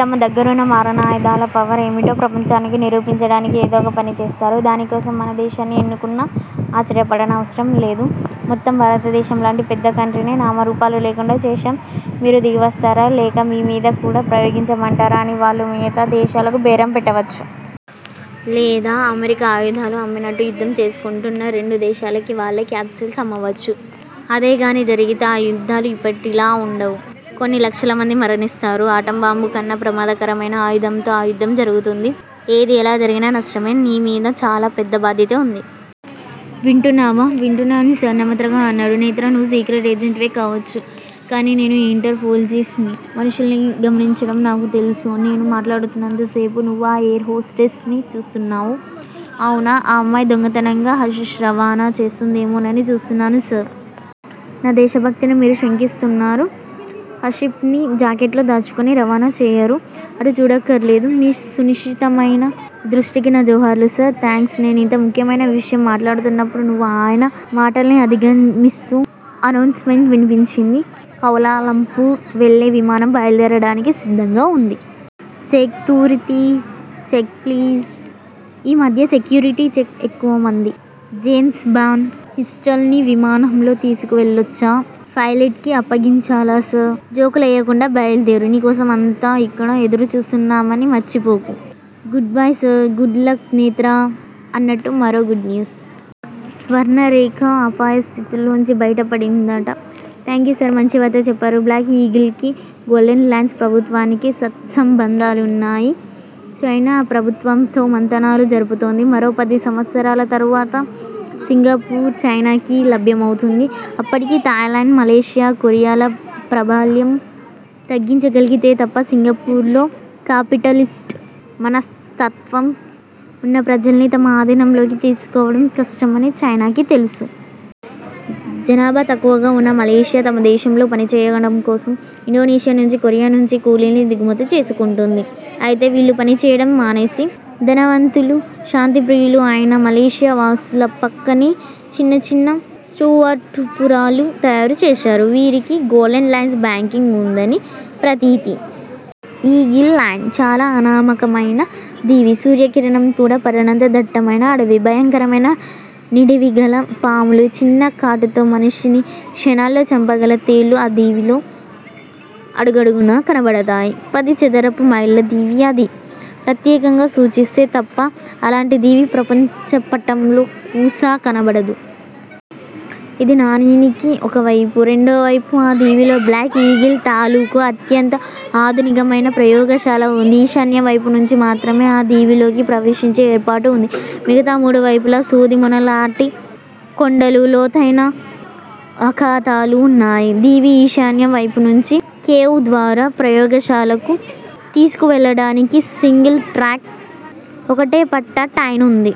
తమ దగ్గరున్న మారణాయుధాల పవర్ ఏమిటో ప్రపంచానికి నిరూపించడానికి ఏదో ఒక పని చేస్తారు. దానికోసం మన దేశాన్ని ఎన్నుకున్నా ఆశ్చర్యపడనవసరంలేదు. మొత్తం భారతదేశంలాంటి పెద్ద కంట్రీనే నామరూపాలు లేకుండా చేశాం- మీరు దిగివస్తారా- లేక మీమీద కూడా ప్రయోగించమంటారా అని వాళ్ళు మిగతా దేశాలకు బేరం పెట్టవచ్చు. లేదా- అమెరికా ఆయుధాలు అమ్మినట్టు యుద్ధం చేసుకుంటున్న రెండు దేశాలకీ వాళ్ళే క్యాప్సూల్స్ అమ్మవచ్చు. అదేగానీ జరిగితే ఆ యుద్ధాలు ఇప్పటిలా వుండవు. కొన్ని లక్షలమంది మరణిస్తారు. ఆటంబాంబుకన్నా ప్రమాదకరమైన ఆయుధంతో ఆ యుద్ధం జరుగుతుంది. ఏది ఎలా జరిగినా నష్టమే. నీ మీద చాలా పెద్ద బాధ్యత వుంది. వింటున్నావా? వింటున్నాను సార్ నమ్రతగా అన్నాడు. నేత్రా, నువ్వు సీక్రెట్ ఏజెంట్ వే కావొచ్చు. కానీ నేను ఇంటర్ పోల్ చీఫ్ ని. మనుష్యుల్ని గమనించడం నాకూ తెలుసు. నేను మాట్లాడుతున్నంతసేపూ నువ్వు ఆ ఎయిర్ హోస్టెస్ ని చూస్తున్నావు. అవునా? ఆ అమ్మాయి దొంగతనంగా హషిష్ రవాణా చేస్తుందేమోనని చూస్తున్నాను సార్. నా దేశభక్తిని మీరు శంకిస్తున్నారు. హషిప్ ని జాకెట్ లో దాచుకుని రవాణా చెయ్యరు. అటు చూడక్కర్లేదు. మీ సునిశితమైన దృష్టికి నా జోహార్లు సర్. థాంక్స్ నేనింత ముఖ్యమైన విషయం మాట్లాడుతున్నప్పుడు నువ్వు ఆయన మాటల్ని అధిగమిస్తూ అనౌన్స్ మెంట్ వినిపించింది. కౌలాలంపూర్ వెళ్ళే విమానం బయల్దేరడానికి సిద్ధంగా వుంది. సేక్తూరితీ చెక్ ప్లీజ్- ఈ మధ్య సెక్యూరిటీ చెక్ ఎక్కువమంది. జేమ్స్ బాండ్ పిస్టల్ ని విమానంలో తీసుకు వెళ్ళొచ్చా? పైలెట్ కి అప్పగించాలా సార్? జోకు లెయ్యకుండా బయల్దేరు. నీ కోసం అంతా ఇక్కడ ఎదురు చూస్తున్నామని మర్చిపోకు. Goodbye sir- good luck Netra- అన్నట్టు మరో గుడ్ న్యూస్. స్వర్ణరేఖ అపాయ స్థితిలోంచి బైటపడిందట. Thank you sir. మంచివార్త చెప్పారు. బ్లాక్ ఈగిల్ కి, గోల్డెన్ లాండ్స్ ప్రభుత్వానికీ సత్సంబంధాలున్నాయి. చైనా ఆ ప్రభుత్వంతో మంతనాలు జరుపుతోంది. మరో పది సంవత్సరాల తరువాత సింగపూర్ చైనాకి లభ్యమవుతుంది. అప్పటికి థాయిలాండ్, మలేషియా, కొరియాల ప్రాబల్యం తగ్గించగలిగితే తప్ప, సింగపూర్ లో కాపిటలిస్టు మనస్తత్వం వున్న ప్రజల్ని తమ ఆధీనంలోకి తీసుకోవడం కష్టం అని చైనాకి తెలుసు. జనాభా తక్కువగా వున్న మలేషియా, తమ దేశంలో పని చెయ్యడంకోసం ఇండోనేషియా నుంచీ, కొరియా నుంచి కూలీల్ని దిగుమతి చేసుకుంటూంది. అయితే వీళ్ళు పని చేయడం మానేసి, ధనవంతులూ, శాంతిప్రియులూ అయిన మలేషియా వాసుల పక్కనే చిన్న చిన్న స్టూవర్టుపురాలు తయారు చేశారు. వీరికి గోల్డెన్ లాండ్స్ బ్యాకింగ్ వుందని ప్రతీతి. ఈగిల్ లాండ్ చాలా అనామకమైన దీవి. సూర్యకిరణం కూడా పడనంత దట్టమైన అడవి. భయంకరమైన నిడివిగల పాములు, చిన్న కాటుతో మనిషిని క్షణాల్లో చంపగల తేళ్ళు ఆ దివిలో అడుగడుగునా కనపడతాయి. పది చదరపు మైళ్ళదీవి అది. ప్రత్యేకంగా సూచిస్తే తప్ప, అలాంటి దీవి ప్రపంచపటంలో కూసా కనబడదు. ఇది నాణేనికి ఒకవైపు రెండో వైపు ఆ దీవిలో బ్లాక్ ఈగిల్ తాలూకు అత్యంత ఆధునికమైన ప్రయోగశాల వుంది. ఈశాన్యం వైపునుంచి మాత్రమే ఆ దీవిలోకి ప్రవేశించే ఏర్పాటు వుంది. మిగతా మూడువైపులా సూదిమొనలాటి కొండలూ, లోతైన అఖాతాలు వున్నాయి. దీవి ఈశాన్యం వైపునుంచి, కేవ్ ద్వారా ప్రయోగశాలకు తీసుకువెళ్ళడానికి సింగిల్ ట్రాక్ ఒకటే పట్టా_ టైన్ వుంది.